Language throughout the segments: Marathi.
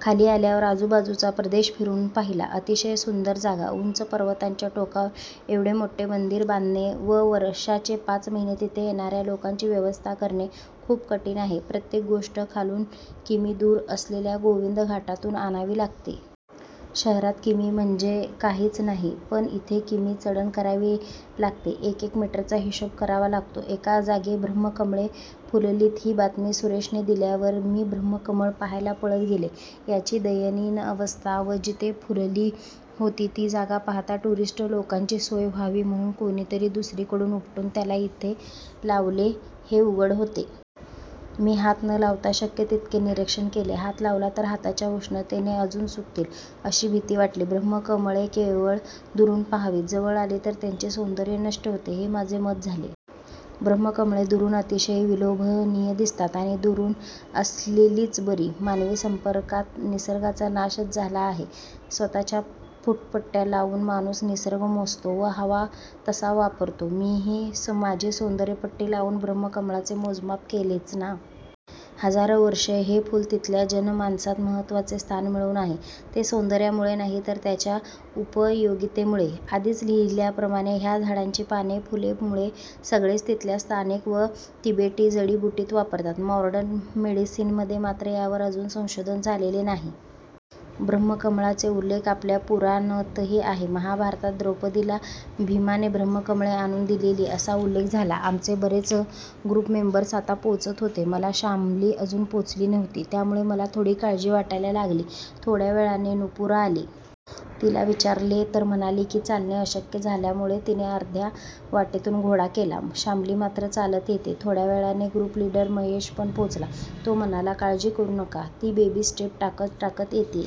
खाली आल्यावर आजूबाजूचा प्रदेश फिरून पाहिला. अतिशय सुंदर जागा!! उंच पर्वताच्या टोकावर एवढे मोठे मंदिर बांधणे व वर्षाचे पाच महिने तिथे येणाऱ्या लोकांची व्यवस्था करणे खूप कठीण आहे. प्रत्येक गोष्ट खालून किमी दूर असलेल्या गोविंदघाटातून आणावी लागते. शहरात किमी म्हणजे काहीच नाही पण इथे किमी चढण करावी लागते. एकेक मीटरचा हिशोब करावा लागतो. एका जागी ब्रम्हकमळे फुललीत ही बातमी सुरेशने दिल्यावर मी ब्रम्हकमळ पाहायला पळत गेले. त्यांची दयनीय अवस्था व जिथे फुलली होती ती जागा पाहता टूरिस्ट लोकांची सोय व्हावी म्हणून कोणीतरी दुसरीकडून उपटून त्यांना तिथे लावले हे उघड होते. मी हात न लावता शक्य तितके निरीक्षण केले. हात लावला तर हाताच्या उष्णतेने अजून सुकतील अशी भीती वाटली. ब्रम्हकमळे केवळ दुरून पाहावीत, जवळ आली तर त्यांचे सौंदर्य नष्ट होते हे माझे मत झाले. ब्रम्हकमळे दुरून अतिशय विलोभनीय दिसतात. आणि दूर असलेलीच बरी. मानवी संपर्कात निसर्गाचा नाशच झालेला आहे. स्वतःच्या फुटपट्ट्या लावून माणूस निसर्ग मोजतो व हवा तसा वापरतो. मीही माझी सौंदर्यपट्टी लावून ब्रम्हकमळाचे मोजमाप केलेच ना. हजारो वर्षे हे फुल तिथल्या जनमानसात महत्वाचे स्थान मिळवून आहे ते सौंदर्यामुळे नाही तर त्याच्या उपयोगितेमुळे. आधीच लिहिल्याप्रमाणे ह्या झाडाची पाने, फुले, मूळे सगळेच तिथल्या स्थानिक व तिबेटी जडिबुटीत वापरतात. मॉडर्न मेडिसीनमध्ये मात्र यावर अजून संशोधन झालेले नाही. ब्रम्हकमळाचे उल्लेख आपल्या पुराणातही आहेत. महाभारतात द्रौपदीला भीमाने ब्रम्हकमळे आणून दिलेली असा उल्लेख आहे. आमचे बरेच ग्रुपमेंबर्स आता पोचत होते पण शामली अजून पोचली नव्हती. त्यामुळे मला थोडी काळजी वाटायला लागली. थोड्या वेळाने नुपुरा आली. तिला विचारले तर म्हणाली की चालणे अशक्य झाल्यामुळे तिने अर्ध्या वाटेतुन घोडा केला, शामली मात्र चालत येतेय. थोड्या वेळाने ग्रुपलीडर महेशपण पोचला. तो म्हणाला काळजी करू नका, ती बेबी स्टेप टाकत टाकत येतेय.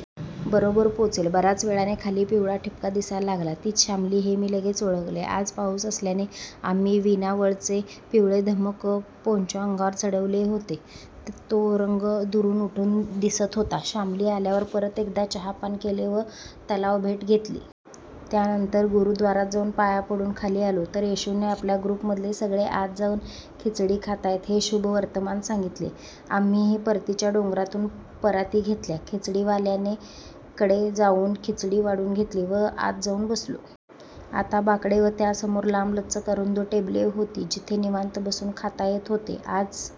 बरोबर पोचेल. बऱ्याच वेळाने खाली पिवळा ठिपका दिसायला लागला. तीच शामली हे मी लगेच ओळखले. आज पाऊस असल्याने आम्ही वीणावर्ल्डचे पिवळेधम्मक पोंचो अंगावर चढवले होते, तो रंग दुरून उठून दिसत होता. शामली आल्यावर परत एकदा चहापान केले व तलावभेट घेतली. त्यानंतर गुरुद्वारात जाऊन पाया पडून खाली आलो तर ऐशूने आपल्या ग्रुपमधले सगळे आत जाऊन खिचडी खाताहेत हे शुभवर्तमान सांगितले. आम्हीही परातीच्या डोंगरातून पराती घेतल्या, खिचडीवाल्याकडे जाऊन खिचडी वाढून घेतली व आत जाऊन बसलो. आत बाकडे व त्यासमोर लाम्बलचक अरुंद टेबले होती जिथे निवांत बसून खाता येत होते. आज